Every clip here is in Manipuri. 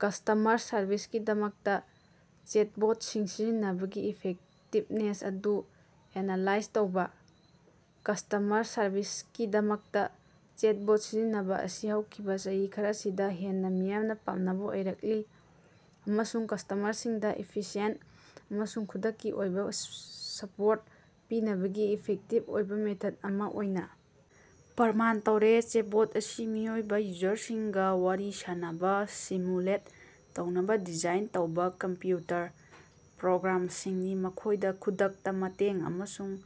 ꯀꯁꯇꯃꯔ ꯁꯔꯚꯤꯁꯀꯤꯗꯃꯛꯇꯥ ꯆꯦꯠꯕꯣꯠꯁꯤꯡ ꯁꯤꯖꯤꯟꯅꯕꯒꯤ ꯏꯐꯦꯛꯇꯤꯕꯅꯦꯁ ꯑꯗꯨ ꯑꯦꯅꯥꯂꯥꯏꯖ ꯇꯧꯕꯥ꯫ ꯀꯁꯇꯃꯔ ꯁꯔꯚꯤꯁꯀꯤꯗꯃꯛꯇꯥ ꯆꯦꯠꯕꯣꯠ ꯁꯤꯖꯤꯟꯅꯕꯥ ꯑꯁꯤ ꯍꯧꯈꯤꯕꯥ ꯆꯍꯤ ꯈꯔꯁꯤꯗꯥ ꯍꯦꯟꯅꯥ ꯃꯤꯌꯥꯝꯅ ꯄꯥꯝꯅꯕ ꯑꯣꯏꯔꯛꯂꯤ ꯑꯃꯁꯨꯡ ꯀꯁꯇꯃꯔꯁꯤꯡꯗꯥ ꯏꯐꯤꯁꯤꯑꯦꯟꯇ ꯑꯃꯁꯨꯡ ꯈꯨꯗꯛꯀꯤ ꯑꯣꯏꯕꯥ ꯁꯄꯣꯔꯠ ꯄꯤꯅꯕꯒꯤ ꯏꯐꯦꯛꯇꯤꯚ ꯑꯣꯏꯕ ꯃꯦꯊꯠ ꯑꯃꯥ ꯑꯣꯏꯅꯥ ꯄ꯭ꯔꯃꯥꯟ ꯇꯧꯔꯦ꯫ ꯆꯦꯠꯕꯣꯠ ꯑꯁꯤ ꯃꯤꯑꯣꯏꯕꯥ ꯌꯨꯖꯔꯁꯤꯡꯒ ꯋꯥꯔꯤ ꯁꯥꯅꯕ ꯁꯤꯃꯨꯂꯦꯠ ꯇꯧꯅꯕ ꯗꯤꯖꯥꯏꯟ ꯇꯧꯕꯥ ꯀꯝꯄ꯭ꯌꯨꯇꯔ ꯄ꯭ꯔꯣꯒ꯭ꯔꯥꯝꯁꯤꯡꯅꯤ, ꯃꯈꯣꯏꯗ ꯈꯨꯗꯛꯇ ꯃꯇꯦꯡ ꯑꯃꯁꯨꯡ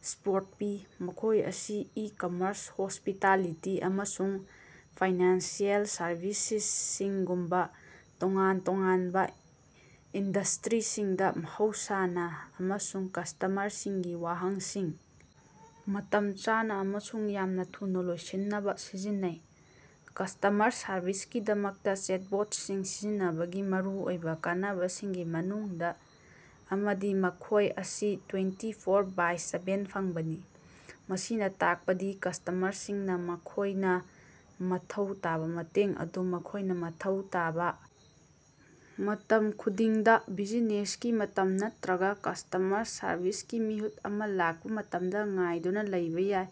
ꯁꯄꯣꯔꯠ ꯄꯤ꯫ ꯃꯈꯣꯏ ꯑꯁꯤ ꯏ-ꯀꯃꯔꯁ, ꯍꯣꯁꯄꯤꯇꯥꯂꯤꯇꯤ, ꯑꯃꯁꯨꯡ ꯐꯥꯏꯅꯥꯟꯁꯤꯑꯦꯜ ꯁꯔꯚꯤꯁꯁꯤꯡꯒꯨꯝꯕꯥ ꯇꯣꯉꯥꯟ-ꯇꯣꯉꯥꯟꯕ ꯏꯟꯗꯁꯇ꯭ꯔꯤꯁꯤꯡꯗꯥ ꯃꯍꯧꯁꯥꯅ ꯑꯃꯁꯨꯡ ꯀꯁꯇꯃꯔꯁꯤꯡꯒꯤ ꯋꯥꯍꯪꯁꯤꯡ ꯃꯇꯝ ꯆꯥꯅ ꯑꯃꯁꯨꯡ ꯌꯥꯝꯅ ꯊꯨꯅꯥ ꯂꯣꯏꯁꯤꯟꯅꯕ ꯁꯤꯖꯤꯟꯅꯩ꯫ ꯀꯁꯇꯃꯔ ꯁꯔꯚꯤꯁꯀꯤꯗꯃꯛꯇꯥ ꯆꯦꯠꯕꯣꯠꯁꯤꯡ ꯁꯤꯖꯤꯟꯅꯕꯒꯤ ꯃꯔꯨꯑꯣꯏꯕ ꯀꯥꯟꯅꯕꯁꯤꯡꯒꯤ ꯃꯅꯨꯡꯗꯥ ꯑꯃꯗꯤ ꯃꯈꯣꯏ ꯑꯁꯤ ꯇ꯭ꯋꯦꯟꯇꯤ ꯐꯣꯔ ꯕꯥꯏ ꯁꯚꯦꯟ ꯐꯪꯕꯅꯤ꯫ ꯃꯁꯤꯅ ꯇꯥꯛꯄꯗꯤ ꯀꯁꯇꯃꯔꯁꯤꯡꯅꯥ ꯃꯈꯣꯏꯅ ꯃꯊꯧ ꯇꯥꯕ ꯃꯇꯦꯡ ꯑꯗꯨ ꯃꯈꯣꯏꯅ ꯃꯊꯧ ꯇꯥꯕꯥ ꯃꯇꯝ ꯈꯨꯗꯤꯡꯗ, ꯕꯤꯖꯤꯅꯦꯁꯀꯤ ꯃꯇꯝ ꯅꯠꯇ꯭ꯔꯒꯥ ꯀꯁꯇꯃꯔ ꯁꯔꯚꯤꯁꯀꯤ ꯃꯤꯍꯨꯠ ꯑꯃ ꯂꯥꯛꯄꯥ ꯃꯇꯝꯗꯥ ꯉꯥꯏꯗꯨꯅꯥ ꯂꯩꯕꯥ ꯌꯥꯏ꯫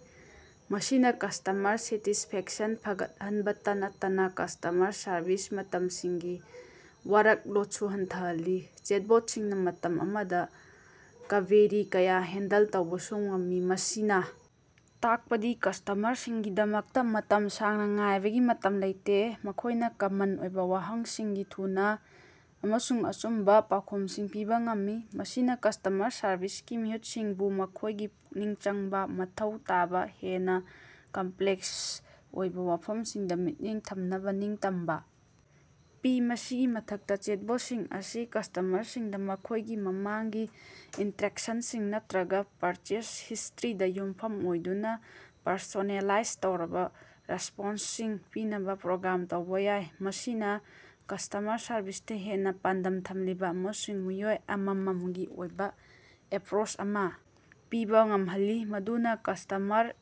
ꯃꯁꯤꯅꯥ ꯀꯁꯇꯃꯔ ꯁꯦꯇꯤꯁꯐꯦꯛꯁꯟ ꯐꯒꯠꯍꯟꯕꯇ ꯅꯠꯇꯅꯥ ꯀꯁꯇꯃꯔ ꯁꯔꯕꯤꯁ ꯇꯤꯝꯁꯤꯡꯒꯤ ꯋꯥꯔꯛꯂꯣꯠꯁꯨ ꯍꯟꯊꯍꯜꯂꯤ꯫ ꯆꯦꯠꯕꯣꯠꯁꯤꯡꯅꯥ ꯃꯇꯝ ꯑꯃꯗ ꯀ꯭ꯕꯦꯔꯤ ꯀꯌꯥ ꯍꯦꯟꯗꯜ ꯇꯧꯕꯁꯨ ꯉꯝꯃꯤ, ꯃꯁꯤꯅꯥ ꯇꯥꯛꯄꯗꯤ ꯀꯁꯇꯃꯔꯁꯤꯡꯒꯤꯗꯃꯛꯇꯥ ꯃꯇꯝ ꯁꯥꯡꯅꯥ ꯉꯥꯏꯕꯒꯤ ꯃꯇꯝ ꯂꯩꯇꯦ꯫ ꯃꯈꯣꯏꯅ ꯀꯃꯟ ꯑꯣꯏꯕꯥ ꯋꯥꯍꯪꯁꯤꯡꯒꯤ ꯊꯨꯅ ꯑꯃꯁꯨꯡ ꯑꯆꯨꯝꯕꯥ ꯄꯥꯎꯈꯨꯝꯁꯤꯡ ꯄꯤꯕꯥ ꯉꯝꯃꯤ, ꯃꯁꯤꯅꯥ ꯀꯁꯇꯃꯔ ꯁꯔꯚꯤꯁꯀꯤ ꯃꯤꯍꯨꯠꯁꯤꯡꯕꯨ ꯃꯈꯣꯏꯒꯤ ꯄꯨꯛꯅꯤꯡ ꯆꯪꯕꯥ ꯃꯊꯧ ꯇꯥꯕꯥ ꯍꯦꯟꯅꯥ ꯀꯝꯄ꯭ꯂꯦꯛꯁ ꯑꯣꯏꯕꯥ ꯋꯥꯐꯝꯁꯤꯡꯗꯥ ꯃꯤꯠꯌꯦꯡ ꯊꯝꯅꯕꯥ ꯅꯤꯡꯇꯝꯕꯥ ꯄꯤ꯫ ꯃꯁꯤꯒꯤ ꯃꯊꯛꯇꯥ, ꯆꯦꯠꯕꯣꯠꯁꯤꯡ ꯑꯁꯤ ꯀꯁꯇꯃꯔꯁꯤꯡꯗꯥ ꯃꯈꯣꯏꯒꯤ ꯃꯃꯥꯡꯒꯤ ꯏꯟꯇꯔꯦꯛꯁꯟꯁꯤꯡ ꯅꯠꯇ꯭ꯔꯒꯥ ꯄꯔꯆꯦꯖ ꯍꯤꯁꯇꯔꯤꯗ ꯌꯨꯝꯐꯝ ꯑꯣꯏꯗꯨꯅꯥ ꯄꯔꯁꯣꯅꯦꯂꯥꯏꯖ ꯇꯧꯔꯕꯥ ꯔꯦꯁꯄꯣꯟꯁꯁꯤꯡ ꯄꯤꯅꯕꯥ ꯄ꯭ꯔꯣꯒ꯭ꯔꯥꯝ ꯇꯧꯕꯥ ꯌꯥꯏ꯫ ꯃꯁꯤꯅꯥ ꯀꯁꯇꯃꯔ ꯁꯔꯚꯤꯁꯇꯥ ꯍꯦꯟꯅꯥ ꯄꯥꯟꯗꯝ ꯊꯝꯂꯤꯕꯥ ꯑꯃꯁꯨꯡ ꯃꯤꯑꯣꯏ ꯑꯃꯝꯃꯝꯒꯤ ꯑꯣꯏꯕ ꯑꯦꯄꯔꯣꯁ ꯑꯃ ꯄꯤꯕꯥ ꯉꯝꯍꯜꯂꯤ, ꯃꯗꯨꯅꯥ ꯀꯁꯇꯃꯔ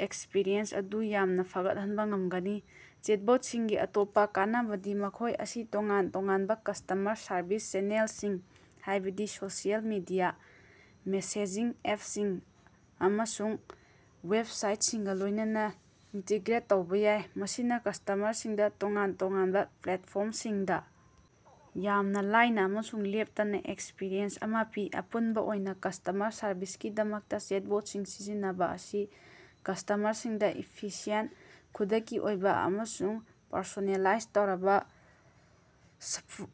ꯑꯦꯛꯁꯄꯤꯔꯤꯌꯦꯟꯁ ꯑꯗꯨ ꯌꯥꯝꯅꯥ ꯐꯒꯠꯍꯟꯕ ꯉꯝꯒꯅꯤ꯫ ꯆꯦꯠꯕꯣꯠꯁꯤꯡꯒꯤ ꯑꯇꯣꯞꯄꯥ ꯀꯥꯟꯅꯕꯗꯤ ꯃꯈꯣꯏ ꯑꯁꯤ ꯇꯣꯉꯥꯟ-ꯇꯣꯉꯥꯟꯕ ꯀꯁꯇꯃꯔ ꯁꯔꯚꯤꯁ ꯆꯦꯅꯦꯜꯁꯤꯡ, ꯍꯥꯏꯕꯗꯤ ꯁꯣꯁꯤꯑꯦꯜ ꯃꯤꯗꯤꯌꯥ, ꯃꯦꯁꯦꯖꯤꯡ ꯑꯦꯞꯁꯤꯡ, ꯑꯃꯁꯨꯡ ꯋꯦꯕꯁꯥꯏꯠꯁꯤꯡꯒꯥ ꯂꯣꯏꯅꯅꯥ ꯏꯟꯇꯤꯒ꯭ꯔꯦꯠ ꯇꯧꯕꯥ ꯌꯥꯏ, ꯃꯁꯤꯅꯥ ꯀꯁꯇꯃꯔꯁꯤꯡꯗꯥ ꯇꯣꯉꯥꯟ-ꯇꯣꯉꯥꯟꯕ ꯄ꯭ꯂꯦꯠꯐꯣꯔꯝꯁꯤꯡꯗ ꯌꯥꯝꯅ ꯂꯥꯏꯅ ꯑꯃꯁꯨꯡ ꯂꯦꯞꯇꯅꯥ ꯑꯦꯛꯁꯄꯤꯔꯤꯌꯦꯟꯁ ꯑꯃꯥ ꯄꯤ꯫ ꯑꯄꯨꯟꯕꯥ ꯑꯣꯏꯅꯥ, ꯀꯁꯇꯃꯔ ꯁꯔꯚꯤꯁꯀꯤꯗꯃꯛꯇꯥ ꯆꯦꯠꯕꯣꯠꯁꯤꯡ ꯁꯤꯖꯤꯟꯅꯕꯥ ꯑꯁꯤ ꯀꯁꯇꯃꯔꯁꯤꯡꯗꯥ ꯏꯐꯤꯁꯤꯑꯦꯟ, ꯈꯨꯗꯛꯀꯤ ꯑꯣꯏꯕꯥ ꯑꯃꯁꯨꯡ ꯄꯔꯁꯣꯅꯦꯂꯥꯏꯖ ꯇꯧꯔꯕꯥ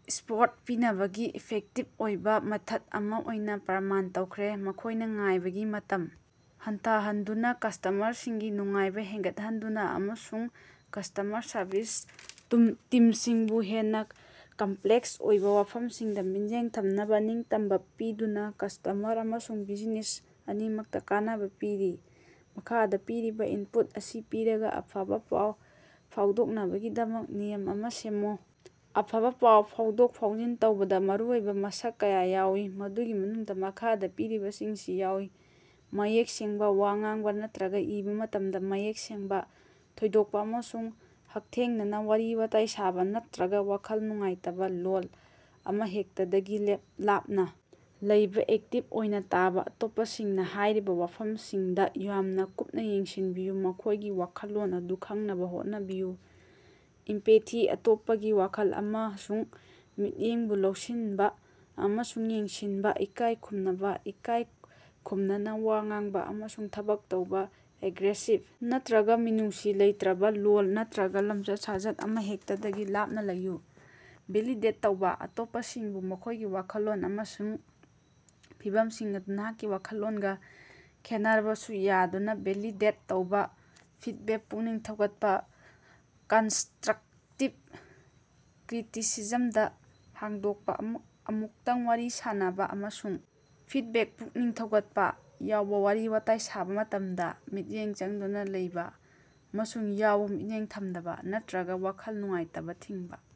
ꯁꯄꯣꯔꯠ ꯄꯤꯅꯕꯒꯤ ꯏꯐꯦꯛꯇꯤꯚ ꯑꯣꯏꯕꯥ ꯃꯦꯊꯠ ꯑꯃ ꯑꯣꯏꯅꯥ ꯄ꯭ꯔꯃꯥꯟ ꯇꯧꯈ꯭ꯔꯦ꯫ ꯃꯈꯣꯏꯅ ꯉꯥꯏꯕꯒꯤ ꯃꯇꯝ ꯍꯟꯊꯍꯟꯗꯨꯅꯥ, ꯀꯁꯇꯃꯔꯁꯤꯡꯒꯤ ꯅꯨꯡꯉꯥꯏꯕꯥ ꯍꯦꯟꯒꯠꯍꯟꯗꯨꯅ ꯑꯃꯁꯨꯡ ꯀꯁꯇꯃꯔ ꯁꯔꯕꯤꯁ ꯇꯤꯝꯁꯤꯡꯕꯨ ꯍꯦꯟꯅ ꯀꯝꯄ꯭ꯂꯦꯛꯁ ꯑꯣꯏꯕ ꯋꯥꯐꯝꯁꯤꯡꯗ ꯃꯤꯠꯌꯦꯡ ꯊꯝꯅꯕ ꯅꯤꯡꯇꯝꯕꯥ ꯄꯤꯗꯨꯅꯥ ꯀꯁꯇꯃꯔ ꯑꯃꯁꯨꯡ ꯕꯤꯖꯤꯅꯦꯁ ꯑꯅꯤꯃꯛꯇ ꯀꯥꯟꯅꯕꯥ ꯄꯤꯔꯤ꯫ ꯃꯈꯥꯗ ꯄꯤꯔꯤꯕꯥ ꯏꯟꯄꯨꯠ ꯑꯁꯤ ꯄꯤꯔꯒꯥ ꯑꯐꯕꯥ ꯄꯥꯎ ꯐꯥꯎꯗꯣꯛꯅꯕꯒꯤꯗꯃꯛ ꯅꯤꯌꯝ ꯑꯃ ꯁꯦꯝꯃꯨ꯫ ꯑꯐꯕꯥ ꯄꯥꯎ ꯐꯥꯎꯗꯣꯛ-ꯐꯥꯎꯖꯤꯟ ꯇꯧꯕꯗꯥ ꯃꯔꯨꯑꯣꯏꯕ ꯃꯁꯛ ꯀꯌꯥ ꯌꯥꯎꯏ ꯃꯗꯨꯒꯤ ꯃꯅꯨꯡꯗꯥ ꯃꯈꯥꯗ ꯄꯤꯔꯤꯕꯁꯤꯡꯁꯤ ꯌꯥꯎꯏ: ꯃꯌꯦꯛ ꯁꯦꯡꯕꯥ: ꯋꯥ ꯉꯥꯡꯕꯥ ꯅꯠꯇ꯭ꯔꯒꯥ ꯏꯕꯥ ꯃꯇꯝꯗ ꯃꯌꯦꯛ ꯁꯦꯡꯕꯥ, ꯊꯣꯏꯗꯣꯛꯄꯥ ꯑꯃꯁꯨꯡ ꯍꯛꯊꯦꯡꯅꯅꯥ ꯋꯥꯔꯤ-ꯋꯥꯇꯥꯏ ꯁꯥꯕꯥ ꯅꯠꯇ꯭ꯔꯒꯥ ꯋꯥꯈꯜ ꯅꯨꯡꯉꯥꯏꯇꯕ ꯂꯣꯜ ꯑꯃꯍꯦꯛꯇꯗꯒꯤ ꯂꯥꯞꯅꯥ ꯂꯩꯕꯥ꯫ ꯑꯦꯛꯇꯤꯞ ꯑꯣꯏꯅꯥ ꯇꯥꯕꯥ: ꯑꯇꯣꯞꯄꯁꯤꯡꯅꯥ ꯍꯥꯏꯔꯤꯕꯥ ꯋꯥꯐꯝꯁꯤꯡꯗꯥ ꯌꯥꯝꯅꯥ ꯀꯨꯞꯅꯥ ꯌꯦꯡꯁꯤꯟꯕꯤꯌꯨ, ꯃꯈꯣꯏꯒꯤ ꯋꯥꯈꯜꯂꯣꯟ ꯑꯗꯨ ꯈꯪꯅꯕ ꯍꯣꯠꯅꯕꯤꯌꯨ꯫ ꯏꯝꯄꯦꯊꯤ: ꯑꯇꯣꯞꯄꯒꯤ ꯋꯥꯈꯜ ꯑꯃꯁꯨꯡ ꯃꯤꯠꯌꯦꯡꯕꯨ ꯂꯧꯁꯤꯟꯕ ꯑꯃꯁꯨꯡ ꯌꯦꯡꯁꯤꯟꯕ꯫ ꯏꯀꯥꯏ ꯈꯨꯝꯅꯕꯥ: ꯏꯀꯥꯏ ꯈꯨꯝꯅꯅꯥ ꯋꯥ ꯉꯥꯡꯕꯥ ꯑꯃꯁꯨꯡ ꯊꯕꯛ ꯇꯧꯕꯥ, ꯑꯦꯒ꯭ꯔꯦꯁꯤꯚ ꯅꯠꯇꯔꯒꯥ ꯃꯤꯅꯨꯡꯁꯤ ꯂꯩꯇꯔꯕꯥ ꯂꯣꯜ ꯅꯠꯇꯔꯒꯥ ꯂꯝꯆꯠ-ꯁꯥꯖꯠ ꯑꯃꯍꯦꯛꯇꯗꯒꯤ ꯂꯥꯞꯅꯥ ꯂꯩꯌꯨ꯫ ꯚꯦꯂꯤꯗꯦꯠ ꯇꯧꯕꯥ: ꯑꯇꯣꯞꯄꯁꯤꯡꯕꯨ ꯃꯈꯣꯏꯒꯤ ꯋꯥꯈꯜꯂꯣꯟ ꯑꯃꯁꯨꯡ ꯐꯤꯚꯝꯁꯤꯡ ꯑꯗꯨ ꯅꯍꯥꯛꯀꯤ ꯋꯥꯈꯜꯂꯣꯟꯒ ꯈꯦꯠꯅꯔꯕꯁꯨ ꯌꯥꯗꯨꯅ ꯚꯦꯂꯤꯗꯦꯠ ꯇꯧꯕ꯫ ꯐꯤꯠꯕꯦꯛ ꯄꯨꯛꯅꯤꯡ ꯊꯧꯒꯠꯄ: ꯀꯟꯁꯇꯔꯛꯇꯤꯞ ꯀ꯭ꯔꯤꯇꯤꯁꯤꯖꯝꯗ ꯍꯥꯡꯗꯣꯛꯄꯥ, ꯑꯃꯨꯛꯇꯪ ꯋꯥꯔꯤ ꯁꯥꯟꯅꯕꯥ ꯑꯃꯁꯨꯡ ꯐꯤꯠꯕꯦꯛ ꯄꯨꯛꯅꯤꯡ ꯊꯧꯒꯠꯄꯥ꯫ ꯌꯥꯎꯕꯥ: ꯋꯥꯔꯤ-ꯋꯥꯇꯥꯏ ꯁꯥꯕꯥ ꯃꯇꯝꯗ ꯃꯤꯠꯌꯦꯡ ꯆꯪꯗꯨꯅꯥ ꯂꯩꯕꯥ ꯑꯃꯁꯨꯡ ꯌꯥꯎꯕ, ꯃꯤꯠꯌꯦꯡ ꯊꯝꯗꯕꯥ ꯅꯠꯇ꯭ꯔꯒꯥ ꯋꯥꯈꯜ ꯅꯨꯡꯉꯥꯏꯇꯕ ꯊꯤꯡꯕ꯫